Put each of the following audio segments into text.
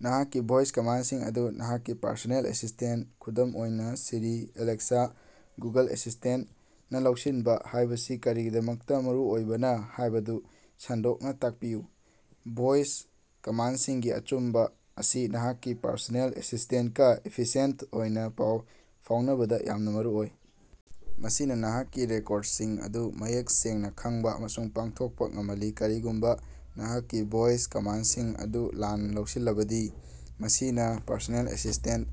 ꯅꯍꯥꯛꯀꯤ ꯚꯣꯏꯁ ꯀꯃꯥꯟꯗꯁꯤꯡ ꯑꯗꯨ ꯅꯍꯥꯛꯀꯤ ꯄꯔꯁꯣꯅꯦꯜ ꯑꯦꯁꯤꯁ꯭ꯇꯦꯟꯇ (ꯈꯨꯗꯝ ꯑꯣꯏꯅꯥ ꯁꯤꯔꯤ, ꯑꯦꯂꯦꯛꯁꯥ, ꯒꯨꯒꯜ ꯑꯦꯁꯤꯁ꯭ꯇꯦꯟꯇ)ꯅ ꯂꯧꯁꯤꯟꯕ ꯍꯥꯏꯕꯁꯤ ꯀꯔꯤꯒꯤꯗꯃꯛꯇ ꯃꯔꯨꯑꯣꯏꯕꯅ ꯍꯥꯏꯕꯗꯨ ꯁꯟꯗꯣꯛꯅ ꯇꯥꯛꯄꯤꯌꯨ꯫ ꯚꯣꯏꯁ ꯀꯃꯥꯟꯗꯁꯤꯡꯒꯤ ꯑꯆꯨꯝꯕ ꯑꯁꯤ ꯅꯍꯥꯛꯀꯤ ꯄꯔꯁꯣꯅꯦꯜ ꯑꯦꯁꯤꯁ꯭ꯇꯦꯟꯇꯀ ꯏꯐꯤꯁꯤꯑꯦꯟꯇ ꯑꯣꯏꯅ ꯄꯥꯎ ꯐꯥꯎꯅꯕꯗ ꯌꯥꯝꯅ ꯃꯔꯨꯑꯣꯏ꯫ ꯃꯁꯤꯅ ꯅꯍꯥꯛꯀꯤ ꯔꯤꯀꯣꯔꯗꯁꯤꯡ ꯑꯗꯨ ꯃꯌꯦꯛ ꯁꯦꯡꯅ ꯈꯪꯕ ꯑꯃꯁꯨꯡ ꯄꯥꯡꯊꯣꯛꯄ ꯉꯝꯍꯜꯂꯤ꯫ ꯀꯔꯤꯒꯨꯝꯕ ꯅꯍꯥꯛꯀꯤ ꯚꯣꯏꯁ ꯀꯃꯥꯟꯗꯁꯤꯡ ꯑꯗꯨ ꯂꯥꯟꯅ ꯂꯧꯁꯤꯜꯂꯕꯗꯤ ꯃꯁꯤꯅ ꯄꯔꯁꯣꯅꯦꯜ ꯑꯦꯁꯤꯁ꯭ꯇꯦꯟꯇ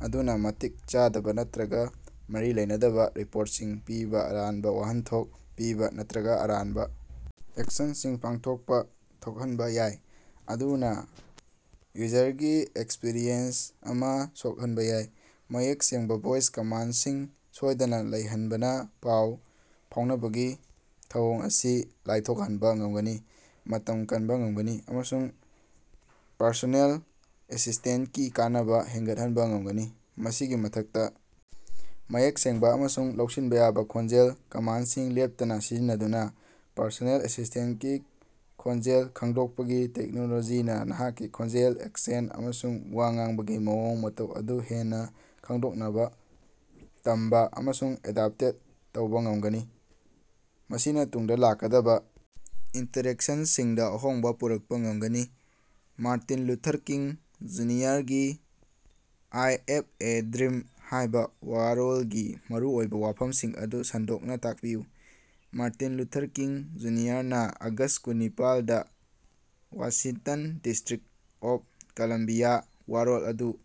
ꯑꯗꯨꯅ ꯃꯇꯤꯛ ꯆꯥꯗꯕ ꯅꯠꯇ꯭ꯔꯒ ꯃꯔꯤ ꯂꯩꯅꯗꯕ ꯔꯦꯁ꯭ꯄꯣꯟꯁꯁꯤꯡ ꯄꯤꯕ ꯑꯔꯥꯟꯕ ꯋꯥꯍꯟꯊꯣꯛ ꯄꯤꯕ ꯅꯠꯇ꯭ꯔꯒ ꯑꯔꯥꯟꯕ ꯑꯦꯛꯁꯟꯁꯤꯡ ꯄꯥꯡꯊꯣꯛꯄ ꯊꯣꯛꯍꯟꯕ ꯌꯥꯏ꯫ ꯃꯗꯨꯅ ꯌꯨꯖꯔꯒꯤ ꯑꯦꯛꯁꯄꯤꯔꯤꯑꯦꯟꯁ ꯑꯃ ꯁꯣꯛꯍꯟꯕ ꯌꯥꯏ꯫ ꯃꯌꯦꯛ ꯁꯦꯡꯕ ꯚꯣꯏꯁ ꯀꯃꯥꯟꯗꯁꯤꯡ ꯁꯣꯏꯗꯅ ꯂꯩꯍꯅꯕꯅ ꯄꯥꯎ ꯐꯥꯎꯅꯕꯒꯤ ꯊꯧꯑꯣꯡ ꯑꯁꯤ ꯂꯥꯏꯊꯣꯛꯍꯟꯕ ꯉꯝꯒꯅꯤ꯫ ꯃꯇꯝ ꯀꯟꯕ ꯉꯝꯒꯅꯤ꯫ ꯑꯃꯁꯨꯡ ꯄꯔꯁꯣꯅꯦꯜ ꯑꯦꯁꯤꯁ꯭ꯇꯦꯟꯇꯀꯤ ꯀꯥꯟꯅꯕ ꯍꯦꯟꯒꯠꯍꯟꯕ ꯉꯝꯒꯅꯤ꯫ ꯃꯁꯤꯒꯤ ꯃꯊꯛꯇ ꯃꯌꯦꯛ ꯁꯦꯡꯕ ꯑꯃꯁꯨꯡ ꯂꯧꯁꯤꯟꯕ ꯌꯥꯕ ꯈꯣꯟꯖꯦꯜ ꯀꯃꯥꯟꯗꯁꯤꯡ ꯂꯦꯞꯇꯅ ꯁꯤꯖꯤꯟꯅꯗꯨꯅ ꯄꯔꯁꯣꯅꯦꯜ ꯑꯦꯁꯤꯁ꯭ꯇꯦꯟꯇꯀꯤ ꯈꯣꯟꯖꯦꯜ ꯈꯪꯗꯣꯛꯄꯒꯤ ꯇꯦꯛꯅꯣꯂꯣꯖꯤꯅ ꯅꯍꯥꯛꯀꯤ ꯈꯣꯟꯖꯦꯜ, ꯑꯦꯛꯁꯦꯟꯇ ꯑꯃꯁꯨꯡ ꯋꯥ ꯉꯥꯡꯕꯒꯤ ꯃꯑꯣꯡ ꯃꯇꯧ ꯑꯗꯨ ꯍꯦꯟꯅ ꯈꯡꯗꯣꯛꯅꯕ ꯇꯝꯕ ꯑꯃꯁꯨꯡ ꯑꯦꯗꯞꯇꯦꯠ ꯇꯧꯕ ꯉꯝꯒꯅꯤ꯫ ꯃꯁꯤꯅ ꯇꯨꯡꯗ ꯂꯥꯛꯀꯗꯕ ꯏꯟꯇ꯭ꯔꯦꯛꯁꯟꯁꯤꯡꯗ ꯑꯍꯣꯡꯕ ꯄꯨꯔꯛꯄ ꯉꯝꯒꯅꯤ꯫ ꯃꯥꯔꯇꯤꯟ ꯂꯨꯊꯔ ꯀꯤꯡ, ꯖꯨꯅꯤꯌꯔꯒꯤ "ꯑꯥꯏ ꯍꯦꯚ ꯑꯦ ꯗ꯭ꯔꯤꯝ" ꯍꯥꯏꯕ ꯋꯥꯔꯣꯜꯒꯤ ꯃꯔꯨꯑꯣꯏꯕ ꯋꯥꯐꯝꯁꯤꯡ ꯑꯗꯨ ꯁꯟꯗꯣꯛꯅ ꯇꯥꯛꯄꯤꯌꯨ꯫ ꯃꯥꯔꯇꯤꯟ ꯂꯨꯊꯔ ꯀꯤꯡ ꯖꯨꯅꯤꯌꯔꯅ ꯑꯥꯒꯁ꯭ꯠ ꯀꯨꯟ ꯅꯤꯄꯥꯜ ꯗꯥ ꯋꯥꯁꯤꯡꯇꯟ ꯗꯤꯁꯇꯔ꯭ꯤꯛ ꯑꯣꯐ ꯀꯂꯝꯕꯤꯌꯥ ꯋꯥꯔꯣꯜ ꯑꯗꯨꯗ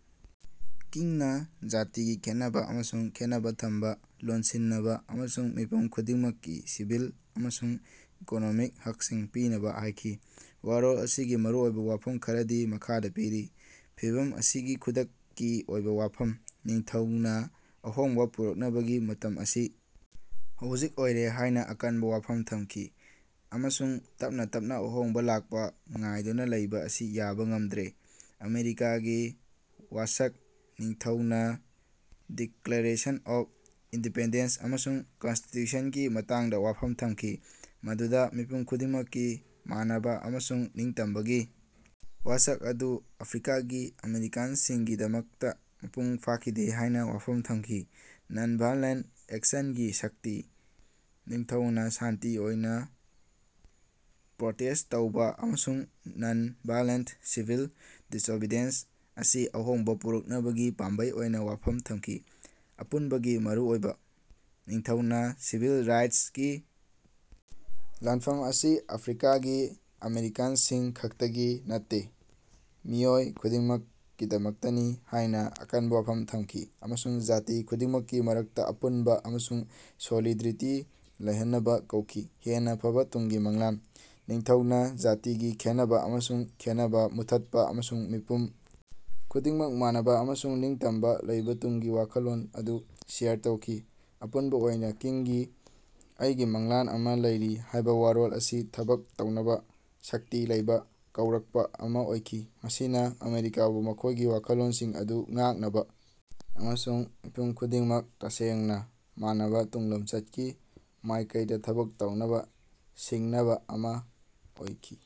ꯀꯤꯡꯅ ꯖꯥꯇꯤꯒꯤ ꯈꯦꯟꯅꯕ ꯑꯃꯁꯨꯡ ꯈꯦꯟꯅꯕ ꯊꯝꯕ ꯂꯣꯏꯁꯤꯟꯅꯕ, ꯑꯃꯁꯨꯡ ꯃꯤꯄꯨꯝ ꯈꯨꯗꯤꯡꯃꯛꯀꯤ ꯁꯤꯚꯤꯜ ꯑꯃꯁꯨꯡ ꯏꯀꯣꯅꯣꯃꯤꯛ ꯍꯛꯁꯤꯡ ꯄꯤꯅꯕ ꯍꯥꯏꯈꯤ꯫ ꯋꯥꯔꯣꯜ ꯑꯁꯤꯒꯤ ꯃꯔꯨꯑꯣꯏꯕ ꯋꯥꯐꯝ ꯈꯔꯗꯤ ꯃꯈꯥꯗ ꯄꯤꯔꯤ: ꯐꯤꯚꯝ ꯑꯁꯤꯒꯤ ꯈꯨꯗꯛꯀꯤ ꯑꯣꯏꯕ ꯋꯥꯐꯝ: ꯅꯤꯡꯊꯧꯅ ꯑꯍꯣꯡꯕ ꯄꯨꯔꯛꯅꯕꯒꯤ ꯃꯇꯝ ꯑꯁꯤ ꯍꯧꯖꯤꯛ ꯑꯣꯏꯔꯦ ꯍꯥꯏꯅ ꯑꯀꯟꯕ ꯋꯥꯐꯝ ꯊꯝꯈꯤ꯫ ꯑꯃꯁꯨꯡ ꯇꯞꯅ ꯇꯞꯅ ꯑꯍꯣꯡꯕ ꯂꯥꯛꯄ ꯉꯥꯏꯗꯨꯅ ꯂꯩꯕ ꯑꯁꯤ ꯌꯥꯕ ꯉꯝꯗ꯭ꯔꯦ꯫ ꯑꯃꯦꯔꯤꯀꯥꯒꯤ ꯋꯥꯁꯛ: ꯅꯤꯡꯊꯧꯅ ꯗꯤꯛꯂꯥꯔꯦꯁꯟ ꯑꯣꯐ ꯏꯟꯗꯤꯄꯦꯟꯗꯦꯟꯁ ꯑꯃꯁꯨꯡ ꯀꯟꯁꯇꯤꯇ꯭ꯌꯨꯁꯟꯒꯤ ꯃꯇꯥꯡꯗ ꯋꯥꯐꯝ ꯊꯝꯈꯤ꯫ ꯃꯗꯨꯗ ꯃꯤꯄꯨꯝ ꯈꯨꯗꯤꯡꯃꯛꯀꯤ ꯃꯥꯟꯅꯕ ꯑꯃꯁꯨꯡ ꯅꯤꯡꯇꯝꯕꯒꯤ ꯋꯥꯁꯛ ꯑꯗꯨ ꯑꯐ꯭ꯔꯤꯀꯥꯒꯤ ꯑꯃꯦꯔꯤꯀꯥꯟꯁꯤꯡꯒꯤꯗꯃꯛꯇ ꯃꯄꯨꯡ ꯐꯥꯈꯤꯗꯦ ꯍꯥꯏꯅ ꯋꯥꯐꯝ ꯊꯝꯈꯤ꯫ ꯅꯟ-ꯚꯥꯏꯑꯣꯂꯦꯟꯇ ꯑꯦꯛꯁꯟꯒꯤ ꯁꯛꯇꯤ: ꯅꯤꯡꯊꯧꯅ ꯁꯥꯟꯇꯤ ꯑꯣꯏꯅ ꯄ꯭ꯔꯣꯇꯦꯁ꯭ꯠ ꯇꯧꯕ ꯑꯃꯁꯨꯡ ꯅꯟ-ꯚꯥꯏꯑꯣꯂꯦꯟꯇ ꯁꯤꯚꯤꯜ ꯗꯤꯁꯑꯣꯕꯦꯗꯤꯌꯦꯟꯁ ꯑꯁꯤ ꯑꯍꯣꯡꯕ ꯄꯨꯔꯛꯅꯕꯒꯤ ꯄꯥꯝꯕꯩ ꯑꯣꯏꯅ ꯋꯥꯐꯝ ꯊꯝꯈꯤ꯫ ꯑꯄꯨꯟꯕꯒꯤ ꯃꯔꯨꯑꯣꯏꯕ: ꯅꯤꯡꯊꯧꯅ ꯁꯤꯚꯤꯜ ꯔꯥꯏꯠꯁꯀꯤ ꯂꯥꯟꯐꯝ ꯑꯁꯤ ꯑꯐ꯭ꯔꯤꯀꯥꯒꯤ ꯑꯃꯦꯔꯤꯀꯥꯟꯁꯤꯡ ꯈꯛꯇꯒꯤ ꯅꯠꯇꯦ꯫ ꯃꯤꯑꯣꯏ ꯈꯨꯗꯤꯡꯃꯛꯀꯤꯗꯃꯛꯇꯅꯤ ꯍꯥꯏꯅ ꯑꯀꯟꯕ ꯋꯥꯐꯝ ꯊꯝꯈꯤ꯫ ꯑꯃꯁꯨꯡ ꯖꯥꯇꯤ ꯈꯨꯗꯤꯡꯃꯛꯀꯤ ꯃꯔꯛꯇ ꯑꯄꯨꯟꯕ ꯑꯃꯁꯨꯡ ꯁꯣꯂꯤꯗ꯭ꯔꯤꯇꯤ ꯂꯩꯍꯟꯅꯕ ꯀꯧꯈꯤ꯫ ꯍꯦꯟꯅ ꯐꯕ ꯇꯨꯡꯒꯤ ꯃꯪꯂꯥꯟ: ꯅꯤꯡꯊꯧꯅ ꯖꯥꯇꯤꯒꯤ ꯈꯦꯟꯅꯕ ꯑꯃꯁꯨꯡ ꯈꯦꯟꯅꯕ ꯃꯨꯠꯊꯠꯄ ꯑꯃꯁꯨꯡ ꯃꯤꯄꯨꯝ ꯈꯨꯗꯤꯡꯃꯛ ꯃꯥꯟꯅꯕ ꯑꯃꯁꯨꯡ ꯅꯤꯡꯇꯝꯕ ꯂꯩꯕ ꯇꯨꯡꯒꯤ ꯋꯥꯈꯜꯂꯣꯟ ꯑꯗꯨ ꯁꯦꯌꯔ ꯇꯧꯈꯤ꯫ ꯑꯄꯨꯟꯕ ꯑꯣꯏꯅꯥ, ꯀꯤꯡꯒꯤ "ꯑꯩꯒꯤ ꯃꯪꯂꯥꯟ ꯑꯃꯥ ꯂꯩꯔꯤ" ꯍꯥꯏꯕ ꯋꯥꯔꯣꯜ ꯑꯁꯤ ꯊꯕꯛ ꯇꯧꯅꯕ ꯁꯛꯇꯤ ꯂꯩꯕꯥ ꯀꯧꯔꯛꯄ ꯑꯃꯥ ꯑꯣꯏꯈꯤ꯫ ꯃꯁꯤꯅ ꯑꯃꯦꯔꯤꯀꯥꯕꯨ ꯃꯈꯣꯏꯒꯤ ꯋꯥꯈꯜꯂꯣꯟꯁꯤꯡ ꯑꯗꯨ ꯉꯥꯛꯅꯕ ꯑꯃꯁꯨꯡ ꯃꯤꯄꯨꯝ ꯈꯨꯗꯤꯡꯃꯛ ꯇꯁꯦꯡꯅ ꯃꯥꯟꯅꯕ ꯇꯨꯡꯂꯝꯆꯠꯀꯤ ꯃꯥꯏꯀꯩꯗ ꯊꯕꯛ ꯇꯧꯅꯕ ꯁꯤꯡꯅꯕ ꯑꯃ ꯑꯣꯏꯈꯤ꯫